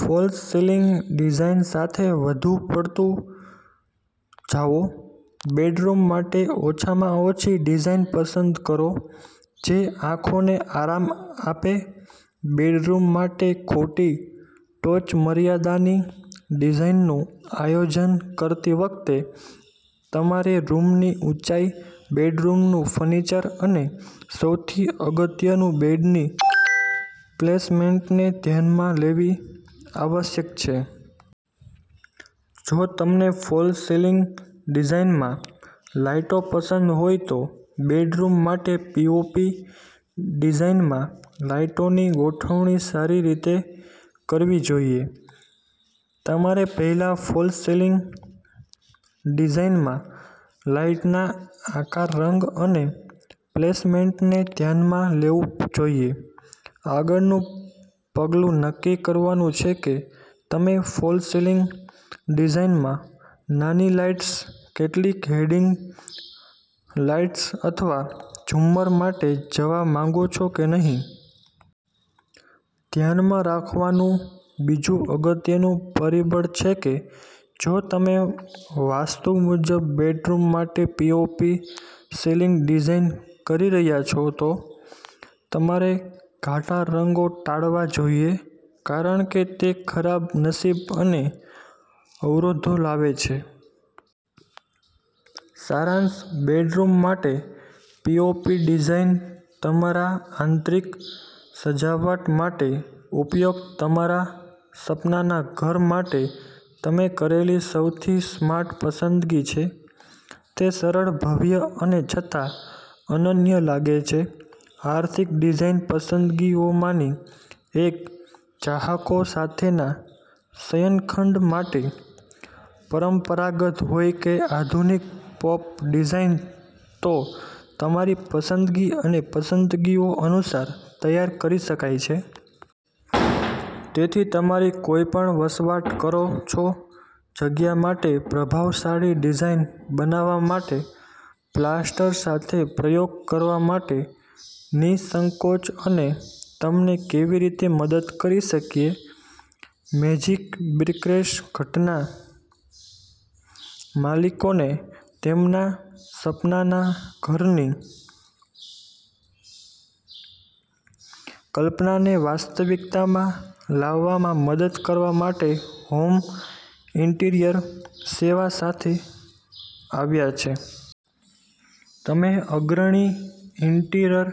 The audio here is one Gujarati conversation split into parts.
ફોલ્સ સિલિંગ ડિઝાઇન સાથે વધુ પડતું જાઓ. બેડરૂમ માટે ઓછામાં ઓછી ડિઝાઇન પસંદ કરો જે આંખોને આરામ આપે. બેડરૂમ માટે ખોટી ટોચમર્યાદાની ડિઝાઇનનું આયોજન કરતી વખતે તમારે રૂમની ઊંચાઈ, બેડરૂમનું ફર્નિચર અને સૌથી અગત્યનું, બેડની પ્લેસમેન્ટને ધ્યાનમાં લેવી આવશ્યક છે. જો તમને ફોલ્સ સિલિંગ ડિઝાઈનમાં લાઈટો પસંદ હોય તો બેડરૂમ માટે પીઓપી ડિઝાઈનમાં લાઈટોની ગોઠવણી સારી રીતે કરવી જોઈએ. તમારે પહેલા ફોલ્સ સિલિંગ ડિઝાઇનમાં લાઇટના આકાર, રંગ અને પ્લેસમેન્ટને ધ્યાનમાં લેવું જોઈએ. આગળનું પગલું નક્કી કરવાનું છે કે તમે ફોલ્સ સિલિંગ ડિઝાઇનમાં નાની લાઇટ્સ, કેટલીક હેડીંગ લાઇટ્સ અથવા ઝુમ્મર માટે જવા માંગો છો કે નહીં. ધ્યાનમાં રાખવાનું બીજું અગત્યનું પરિબળછે કે જો તમે વાસ્તુ મુજબ બેડરૂમ માટે પીઓપી સીલિંગ ડિઝાઇન કરી રહ્યા છો, તો તમારે ઘાટા રંગો ટાળવા જોઈએ કારણ કે તે ખરાબ નસીબ અને અવરોધો લાવે છે. સારાંશ બેડરૂમ માટે પીઓપી ડિઝાઇન તમારા આંતરિક સજાવટ માટે ઉપયોગ તમારા સપનાના ઘર માટે તમે કરેલી સૌથી સ્માર્ટ પસંદગી છે. તે સરળ, ભવ્ય અને છતાં અનન્ય લાગે છે. આર્થિક ડિઝાઇન પસંદગીઓમાંની એક ચાહકો સાથેના શયનખંડ માટે પરંપરાગત હોય કે આધુનિક પોપ ડિઝાઇન, તો તમારી પસંદગી અને પસંદગીઓ અનુસાર તૈયાર કરી શકાય છે. તેથી તમારી કોઈપણ વસવાટ કરો છો જગ્યા માટે પ્રભાવશાળી ડિઝાઇન બનાવવા માટે પ્લાસ્ટર સાથે પ્રયોગ કરવા માટે નિઃસંકોચ. અને તમને કેવી રીતે મદદ કરી શકીએ? મેજિક બ્રિક્સરેસ્ટ ઘટના માલિકોને તેમના સપનાના ઘરની કલ્પનાને વાસ્તવિકતામાં લાવવામાં મદદ કરવા માટે હોમ ઇન્ટિરિયર સેવા સાથે આવ્યા છે. તમે અગ્રણી ઇન્ટિરર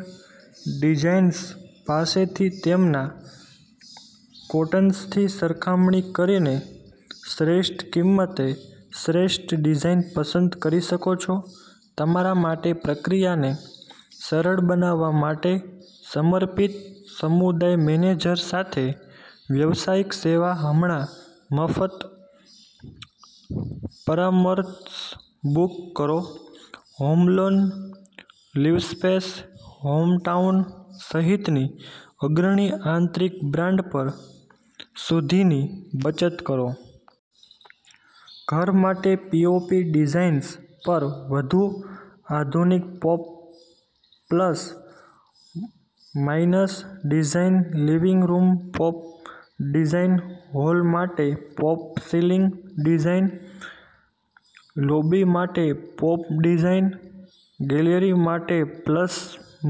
ડિઝાઇનસ પાસે થી તેમના કોટનસ ની સરખામણી કરીને શ્રેષ્ઠ કિંમતે શ્રેષ્ઠ ડિઝાઇન પસંદ કરી શકો છો. તમારા માટે પ્રક્રિયાને સરળ બનાવવા માટે સમર્પિત સમુદાય મેનેજર સાથે વ્યવસાયિક સેવા. હમણાં મફત પરામર્શ બુક કરો હોમલેન, લિવસ્પેસ, હોમટાઉન સહિતની અગ્રણી આંતરિક બ્રાન્ડ પર સુધીની બચત કરો. ઘર માટે પીઓપી ડિઝાઇન્સ પર વધુ આધુનિક POP plus minus design, living room POP design, hall માટે પોપ સીલિંગ ડિઝાઇન, લોબી માટે પોપ ડિઝાઇન, ગેલેરી માટે પ્લસ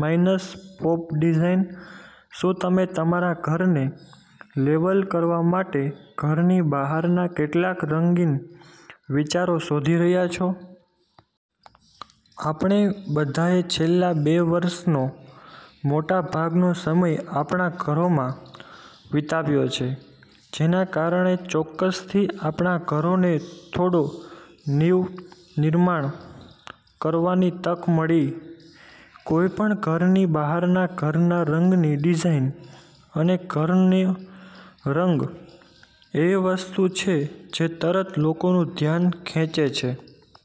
માઇનસ પોપ ડિઝાઇન. શું તમે તમારા ઘરને લેવલ કરવા માટે ઘરની બહારના કેટલાક રંગીન વિચારો શોધી રહ્યાં છો? આપણે બધાએ છેલ્લાં બે વર્ષનો મોટા ભાગનો સમય આપણા ઘરોમાં વિતાવ્યો છે જેના કારણે ચોક્કસથી આપણા ઘરોને થોડો નીવનિર્માણ કરવાની તક મળી. કોઈપણ ઘરની બહારના ઘરના રંગની ડિઝાઇન અને ઘરની રંગ એવી વસ્તુ છે જે તરત લોકોનું ધ્યાન ખેંચે છે.